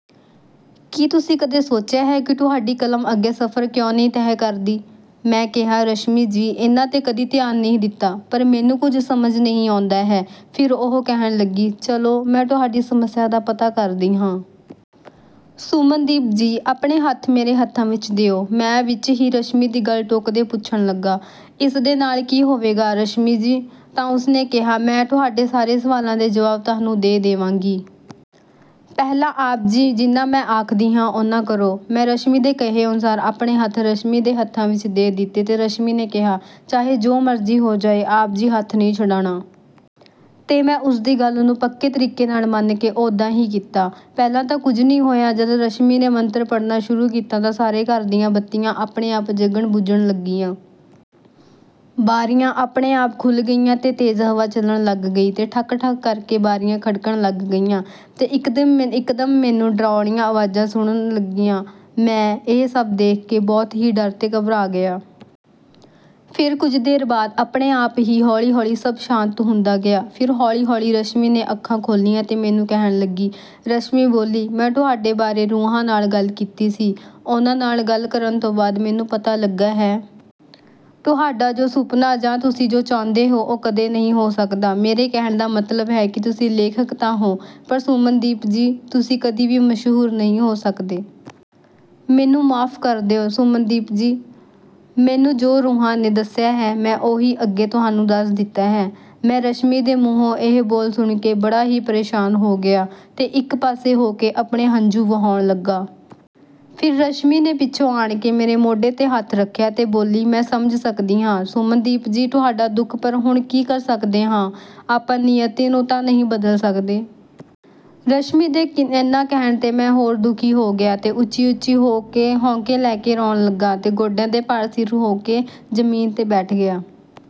ਕੀ ਤੁਸੀਂ ਕਦੀ ਸੋਚਿਆ ਹੈ ਕਿ ਤੁਹਾਡੀ ਕਲਮ ਅੱਗੇ ਸਫ਼ਰ ਕਿਉਂ ਨਹੀਂ ਤੈਅ ਕਰਦੀ? ਮੈਂ ਕਿਹਾ, "ਰਸ਼ਮੀ ਜੀ, ਇਹਨਾਂ 'ਤੇ ਕਦੀ ਧਿਆਨ ਨਹੀਂ ਦਿੱਤਾ, ਪਰ ਮੈਨੂੰ ਕੁਝ ਸਮਝ ਨਹੀਂ ਆਉਂਦਾ ਹੈ। ਫਿਰ ਉਹ ਕਹਿਣ ਲੱਗੀ, ਚਲੋ, ਮੈਂ ਤੁਹਾਡੀ ਸਮੱਸਿਆ ਦਾ ਪਤਾ ਕਰਦੀ ਹਾਂ। ਸੁਮਨਦੀਪ ਜੀ, ਆਪਣੇ ਹੱਥ ਮੇਰੇ ਹੱਥਾਂ ਵਿੱਚ ਦਿਓ। ਮੈਂ ਵਿਚ ਹੀ ਰਸ਼ਮੀ ਦੀ ਗੱਲ ਟੋਕਦੇ ਪੁੱਛਣ ਲੱਗਾ, ਇਸ ਦੇ ਨਾਲ ਕੀ ਹੋਵੇਗਾ, ਰਸ਼ਮੀ ਜੀ? ਤਾਂ ਉਸਨੇ ਕਿਹਾ, ਮੈਂ ਤੁਹਾਡੇ ਸਾਰੇ ਸਵਾਲਾਂ ਦੇ ਜਵਾਬ ਤੁਹਾਨੂੰ ਦੇ ਦੇਵਾਂਗੀ। ਪਹਿਲਾਂ ਆਪ ਜੀ ਜਿੰਨਾਂ ਮੈਂ ਆਖਦੀ ਹਾਂ, ਉਨ੍ਹਾਂ ਕਰੋ। ਮੈਂ ਰਸ਼ਮੀ ਦੇ ਕਹੇ ਅਨੁਸਾਰ ਆਪਣੇ ਹੱਥ ਰਸ਼ਮੀ ਦੇ ਹੱਥਾਂ ਵਿੱਚ ਦੇ ਦਿੱਤੇ ਤੇ ਰਸ਼ਮੀ ਨੇ ਕਿਹਾ, ਚਾਹੇ ਜੋ ਮਰਜ਼ੀ ਹੋ ਜਾਏ, ਆਪ ਜੀ ਹੱਥ ਨਹੀਂ ਛਡਾਉਣਾ। ਤੇ ਮੈਂ ਉਸਦੀ ਗੱਲ ਨੂੰ ਪੱਕੇ ਤਰੀਕੇ ਨਾਲ ਮੰਨ ਕੇ ਓਦਾ ਹੀ ਕੀਤਾ। ਪਹਿਲਾਂ ਤਾਂ ਕੁਝ ਨਹੀਂ ਹੋਇਆ। ਜਦ ਰਸ਼ਮੀ ਨੇ ਮੰਤਰ ਪੜ੍ਹਨਾ ਸ਼ੁਰੂ ਕੀਤਾ ਤਾਂ ਸਾਰੇ ਘਰ ਦੀਆਂ ਬੱਤੀਆਂ ਆਪਣੇ ਆਪ ਜਗਣ-ਬੁਝਣ ਲੱਗੀਆਂ। ਬਾਰੀਆਂ ਆਪਣੇ ਆਪ ਖੁੱਲ੍ਹ ਗਈਆਂ ਤੇ ਤੇਜ਼ ਹਵਾ ਚੱਲਣ ਲੱਗ ਗਈ ਤੇ ਠੱਕ-ਠੱਕ ਕਰਕੇ ਬਾਰੀਆਂ ਖੜਕਣ ਲੱਗ ਗਈਆਂ। ਤੇ ਇਕਦਮ ਮੈਨੂੰ ਡਰਾਉਣੀਆਂ ਆਵਾਜ਼ਾਂ ਸੁਣਨ ਲੱਗ ਗਈਆਂ। ਮੈਂ ਇਹ ਸਭ ਦੇਖ ਕੇ ਬਹੁਤ ਹੀ ਡਰ ਤੇ ਘਬਰਾ ਗਿਆ। ਫਿਰ ਕੁਝ ਦੇਰ ਬਾਅਦ ਆਪਣੇ ਆਪ ਹੀ ਹੌਲੀ-ਹੌਲੀ ਸਭ ਸ਼ਾਂਤ ਹੁੰਦਾ ਗਿਆ। ਫਿਰ ਹੌਲੀ-ਹੌਲੀ ਰਸ਼ਮੀ ਨੇ ਅੱਖਾਂ ਖੋਲ੍ਹੀਆਂ ਤੇ ਮੈਨੂੰ ਕਹਿਣ ਲੱਗੀ। ਰਸ਼ਮੀ ਬੋਲੀ, ਮੈਂ ਤੁਹਾਡੇ ਬਾਰੇ ਰੂਹਾਂ ਨਾਲ ਗੱਲ ਕੀਤੀ ਸੀ। ਉਹਨਾਂ ਨਾਲ ਗੱਲ ਕਰਨ ਤੋਂ ਬਾਅਦ ਮੈਨੂੰ ਪਤਾ ਲੱਗਾ ਹੈ। ਤੁਹਾਡਾ ਜੋ ਸੁਪਨਾ ਜਾਂ ਤੁਸੀਂ ਜੋ ਚਾਹੁੰਦੇ ਹੋ, ਉਹ ਕਦੇ ਨਹੀਂ ਹੋ ਸਕਦਾ। ਮੇਰੇ ਕਹਿਣ ਦਾ ਮਤਲਬ ਹੈ ਕਿ ਤੁਸੀਂ ਲੇਖਕ ਤਾਂ ਹੋ, ਪਰ ਸੁਮਨਦੀਪ ਜੀ, ਤੁਸੀਂ ਕਦੀ ਵੀ ਮਸ਼ਹੂਰ ਨਹੀਂ ਹੋ ਸਕਦੇ। ਮੈਨੂੰ ਮੁਆਫ਼ ਕਰ ਦਿਉ, ਸੁਮਨਦੀਪ ਜੀ। ਮੈਨੂੰ ਜੋ ਰੂਹਾਂ ਨੇ ਦੱਸਿਆ ਹੈ, ਮੈਂ ਉਹੀ ਅੱਗੇ ਤੁਹਾਨੂੰ ਦੱਸ ਦਿੱਤਾ ਹੈ। ਮੈਂ ਰਸ਼ਮੀ ਦੇ ਮੂੰਹੋਂ ਇਹ ਬੋਲ ਸੁਣਕੇ ਬੜਾ ਹੀ ਪਰੇਸ਼ਾਨ ਹੋ ਗਿਆ ਤੇ ਇੱਕ ਪਾਸੇ ਹੋ ਕੇ ਆਪਣੇ ਹੰਝੂ ਵਹਾਉਣ ਲੱਗਾ। ਫਿਰ ਰਸ਼ਮੀ ਨੇ ਪਿੱਛੋਂ ਆਣ ਕੇ ਮੇਰੇ ਮੋਢੇ 'ਤੇ ਹੱਥ ਰੱਖਿਆ ਤੇ ਬੋਲੀ, ਮੈਂ ਸਮਝ ਸਕਦੀ ਹਾਂ, ਸੁਮਨਦੀਪ ਜੀ, ਤੁਹਾਡਾ ਦੁੱਖ, ਪਰ ਹੁਣ ਕੀ ਕਰ ਸਕਦੇ ਹਾਂ? ਆਪਾਂ ਨੀਅਤੀ ਨੂੰ ਤਾਂ ਨਹੀਂ ਨਾ ਬਦਲ ਸਕਦੇ। ਰਸ਼ਮੀ ਦੇ ਇੰਨਾ ਕਹਿਣ 'ਤੇ ਮੈਂ ਹੋਰ ਦੁਖੀ ਹੋ ਗਿਆ ਤੇ ਉੱਚੀ-ਉੱਚੀ ਹੋ ਕੇ ਲੈ ਕੇ ਰੋਣ ਲੱਗਾ ਤੇ ਗੋਡਿਆਂ ਦੇ ਭਾਰ ਸਿਰ ਹੋ ਕੇ ਜ਼ਮੀਨ 'ਤੇ ਬੈਠ ਗਿਆ।